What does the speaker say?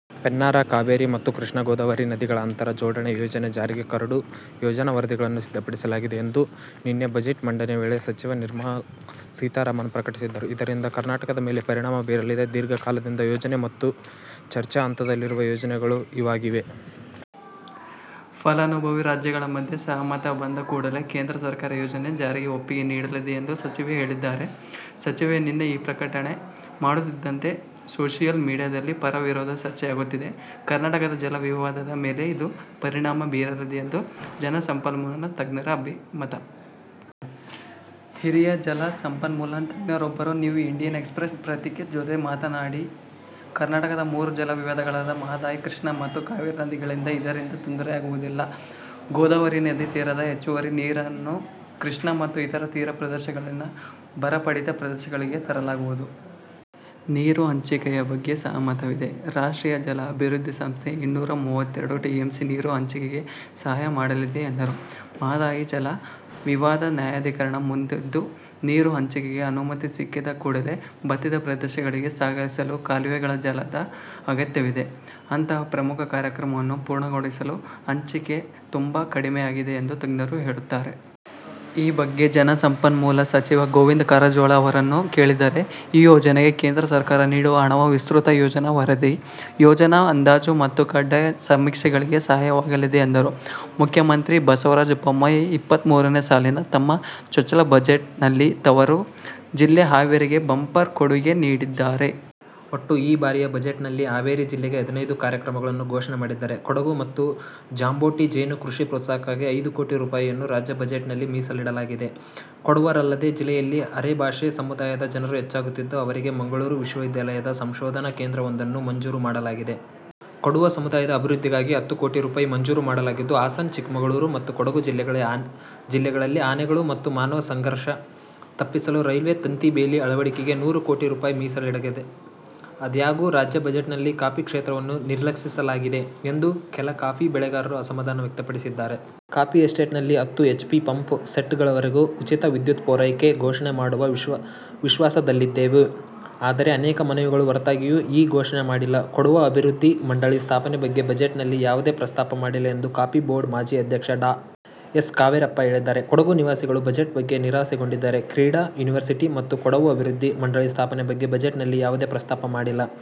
ಪೆನ್ನಾರ್-ಕಾವೇರಿ ಮತ್ತು ಕೃಷ್ಣಾ-ಗೋದಾವರಿ ನದಿಗಳ ಅಂತರ ಜೋಡಣೆ ಯೋಜನೆ ಜಾರಿಗೆ ಕರಡು ಯೋಜನಾ ವರದಿಗಳನ್ನು ಸಿದ್ದಪಡಿಸಲಾಗಿದೆ ಎಂದು ನಿನ್ನೆ ಬಜೆಟ್ ಮಂಡನೆ ವೇಳೆ ಸಚಿವೆ ನಿರ್ಮಲಾ ಸೀತಾರಾಮನ್ ಪ್ರಕಟಿಸಿದ್ದರು. ಇದರಿಂದ ಕರ್ನಾಟಕದ ಮೇಲೆ ಪರಿಣಾಮ ಬೀರಲಿದೆ. ದೀರ್ಘ ಕಾಲದಿಂದ ಯೋಜನೆ ಮತ್ತು ಚರ್ಚಾ ಹಂತದಲ್ಲಿರುವ ಯೋಜನೆಗಳು ಇವಾಗಿವೆ. ಫಲಾನುಭವಿ ರಾಜ್ಯಗಳ ಮಧ್ಯೆ ಸಹಮತ ಬಂದ ಕೂಡಲೇ ಕೇಂದ್ರ ಸರ್ಕಾರ ಯೋಜನೆ ಜಾರಿಗೆ ಒಪ್ಪಿಗೆ ನೀಡಲಿದೆ ಎಂದು ಸಚಿವೆ ಹೇಳಿದ್ದಾರೆ. ಸಚಿವೆ ನಿನ್ನೆ ಈ ಪ್ರಕಟಣೆ ಮಾಡುತ್ತಿದ್ದಂತೆ ಸೋಷಿಯಲ್ ಮೀಡಿಯಾದಲ್ಲಿ ಪರ-ವಿರೋಧ ಚರ್ಚೆಯಾಗುತ್ತಿದೆ. ಕರ್ನಾಟಕದ ಜಲ ವಿವಾದದ ಮೇಲೆ ಇದು ಪರಿಣಾಮ ಬೀರಲಿದೆ ಎಂದು ಜಲಸಂಪನ್ಮೂಲ ತಜ್ಞರ ಅಭಿಮತ. ಹಿರಿಯ ಜಲ ಸಂಪನ್ಮೂಲ ತಜ್ಞರೊಬ್ಬರು ನ್ಯೂ ಇಂಡಿಯನ್ ಎಕ್ಸ್ಪ್ರೆಸ್ ಪತ್ರಿಕೆ ಜೊತೆ ಮಾತನಾಡಿ, ಕರ್ನಾಟಕದ ಮೂರು ಜಲ ವಿವಾದಗಳಾದ ಮಹಾದಾಯಿ, ಕೃಷ್ಣ ಮತ್ತು ಕಾವೇರಿ ನದಿಗಳಿಂದ ಇದರಿಂದ ತೊಂದರೆಯಾಗುವುದಿಲ್ಲ. ಗೋದಾವರಿ ನದಿ ತೀರದ ಹೆಚ್ಚುವರಿ ನೀರನ್ನು ಕೃಷ್ಣ ಮತ್ತು ಇತರ ತೀರ ಪ್ರದೇಶಗಳಲ್ಲಿನ ಬರಪೀಡಿತ ಪ್ರದೇಶಗಳಿಗೆ ತರಲಾಗುವುದು. ನೀರು ಹಂಚಿಕೆಯ ಬಗ್ಗೆ ಸಹಮತವಿದೆ. ರಾಷ್ಟ್ರೀಯ ಜಲ ಅಭಿವೃದ್ಧಿ ಸಂಸ್ಥೆ ಇನ್ನೂರಾ ಮೂವತ್ತೆರಡು ಟಿಎಂಸಿ ನೀರು ಹಂಚಿಕೆಗೆ ಸಹಾಯ ಮಾಡಲಿದೆ ಎಂದರು. ಮಹಾದಾಯಿ ಜಲ ವಿವಾದ ನ್ಯಾಯಾಧೀಕರಣ ಮುಂದಿದ್ದು, ನೀರು ಹಂಚಿಕೆಗೆ ಅನುಮತಿ ಸಿಕ್ಕಿದ ಕೂಡಲೇ ಬತ್ತಿದ ಪ್ರದೇಶಗಳಿಗೆ ಸಾಗಿಸಲು ಕಾಲುವೆಗಳ ಜಾಲದ ಅಗತ್ಯವಿದೆ. ಅಂತಹ ಪ್ರಮುಖ ಕಾರ್ಯಕ್ರಮವನ್ನು ಪೂರ್ಣಗೊಳಿಸಲು ಹಂಚಿಕೆ ತುಂಬಾ ಕಡಿಮೆಯಾಗಿದೆ ಎಂದು ತಜ್ಞರು ಹೇಳುತ್ತಾರೆ. ಈ ಬಗ್ಗೆ ಜಲಸಂಪನ್ಮೂಲ ಸಚಿವ ಗೋವಿಂದ ಕಾರಜೋಳ ಅವರನ್ನು ಕೇಳಿದರೆ ಈ ಯೋಜನೆಗೆ ಕೇಂದ್ರ ಸರ್ಕಾರ ನೀಡುವ ಹಣವು ವಿಸ್ತೃತ ಯೋಜನಾ ವರದಿ, ಯೋಜನಾ ಅಂದಾಜು ಮತ್ತು ಕಡ್ಡಾಯ ಸಮೀಕ್ಷೆಗಳಿಗೆ ಸಹಾಯವಾಗಲಿದೆ ಎಂದರು. ಮುಖ್ಯಮಂತ್ರಿ ಬಸವರಾಜ ಬೊಮ್ಮಾಯಿ ಇಪ್ಪತ್ತ ಮೂರನೇ ಸಾಲಿನ ತಮ್ಮ ಚೊಚ್ಚಲ ಬಜೆಟ್ ನಲ್ಲಿ ತವರು ಜಿಲ್ಲೆ ಹಾವೇರಿಗೆ ಬಂಪರ್ ಕೊಡುಗೆ ನೀಡಿದ್ದಾರೆ. ಒಟ್ಟು ಈ ಬಾರಿಯ ಬಜೆಟ್ ನಲ್ಲಿ ಹಾವೇರಿ ಜಿಲ್ಲೆಗೆ ಹದಿನೈದು ಕಾರ್ಯಕ್ರಮಗಳನ್ನು ಘೋಷಣೆ ಮಾಡಿದ್ದಾರೆ. ಕೊಡಗು ಮತ್ತು ಜಾಂಬೋಟಿ ಜೇನು ಕೃಷಿ ಪ್ರೋತ್ಸಾಹಕ್ಕಾಗಿ ಐದು ಕೋಟಿ ರುಪಾಯಿಯನ್ನು ರಾಜ್ಯ ಬಜೆಟ್ ನಲ್ಲಿ ಮೀಸಲಿಡಲಾಗಿದೆ. ಕೊಡವರಲ್ಲದೇ, ಜಿಲ್ಲೆಯಲ್ಲಿ ಅರೆಭಾಷೆ ಸಮುದಾಯದ ಜನರು ಹೆಚ್ಚಾಗುತ್ತಿದ್ದು, ಅವರಿಗೆ ಮಂಗಳೂರು ವಿಶ್ವವಿದ್ಯಾಲಯದಲ್ಲಿ ಸಂಶೋಧನಾ ಕೇಂದ್ರವೊಂದನ್ನು ಮಂಜೂರು ಮಾಡಲಾಗಿದೆ. ಕೊಡವ ಸಮುದಾಯದ ಅಭಿವೃದ್ಧಿಗಾಗಿ ಹತ್ತು ಕೋಟಿ ರುಪಾಯಿ ಮಂಜೂರು ಮಾಡಲಾಗಿದ್ದು, ಹಾಸನ, ಚಿಕ್ಕಮಗಳೂರು ಮತ್ತು ಕೊಡಗು ಜಿಲ್ಲೆಗಳಲ್ಲಿ ಆನೆಗಳು ಮತ್ತು ಮಾನವ ಸಂಘರ್ಘ ತಪ್ಪಿಸಲು ರೈಲ್ವೆ ತಂತಿ ಬೇಲಿ ಅಳವಡಿಕೆಗೆ ನೂರು ಕೋಟಿ ರುಪಾಯಿ ಮೀಸಲಿಡಲಾಗಿದೆ. ಆದಾಗ್ಯೂ, ರಾಜ್ಯ ಬಜೆಟ್ ನಲ್ಲಿ ಕಾಫಿ ಕ್ಷೇತ್ರವನ್ನು ನಿರ್ಲಕ್ಷಿಸಲಾಗಿದೆ ಎಂದು ಕೆಲ ಕಾಫಿ ಬೆಳೆಗಾರರು ಅಸಮಾಧಾನ ವ್ಯಕ್ತಪಡಿಸಿದ್ದಾರೆ. ಕಾಫಿ ಎಸ್ಟೇಟ್ ನಲ್ಲಿ ಹತ್ತು ಹೆಚ್ ಪಿ ಪಂಪ್ ಸೆಟ್ ಗಳವರೆಗೂ ಉಚಿತ ವಿದ್ಯುತ್ ಪೂರೈಕೆ ಘೋಷಣೆ ಮಾಡುವ ವಿಶ್ವಾಸದಲ್ಲಿದ್ದೆವು. ಆದರೆ, ಅನೇಕ ಮನವಿಗಳ ಹೊರತಾಗಿಯೂ ಈ ಘೋಷಣೆ ಮಾಡಿಲ್ಲ, ಕೊಡವ ಅಭಿವೃದ್ಧಿ ಮಂಡಳಿ ಸ್ಥಾಪನೆ ಬಗ್ಗೆ ಬಜೆಟ್ ನಲ್ಲಿ ಯಾವುದೇ ಪ್ರಸ್ತಾಪ ಮಾಡಿಲ್ಲ ಎಂದು ಕಾಫಿ ಬೋರ್ಡ್ ಮಾಜಿ ಅಧ್ಯಕ್ಷ ಡಾ. ಎಸ್. ಕಾವೇರಪ್ಪ ಹೇಳಿದ್ದಾರೆ. ಕೊಡಗು ನಿವಾಸಿಗಳು ಬಜೆಟ್ ಬಗ್ಗೆ ನಿರಾಸೆಗೊಂಡಿದ್ದಾರೆ. ಕ್ರೀಡಾ ಯೂನಿವರ್ಸಿಟಿ ಮತ್ತು ಕೊಡವ ಅಭಿವೃದ್ಧಿ ಮಂಡಳಿ ಸ್ಥಾಪನೆ ಬಗ್ಗೆ ಬಜೆಟ್ ನಲ್ಲಿ ಯಾವುದೇ ಪ್ರಸ್ತಾಪ ಮಾಡಿಲ್ಲ.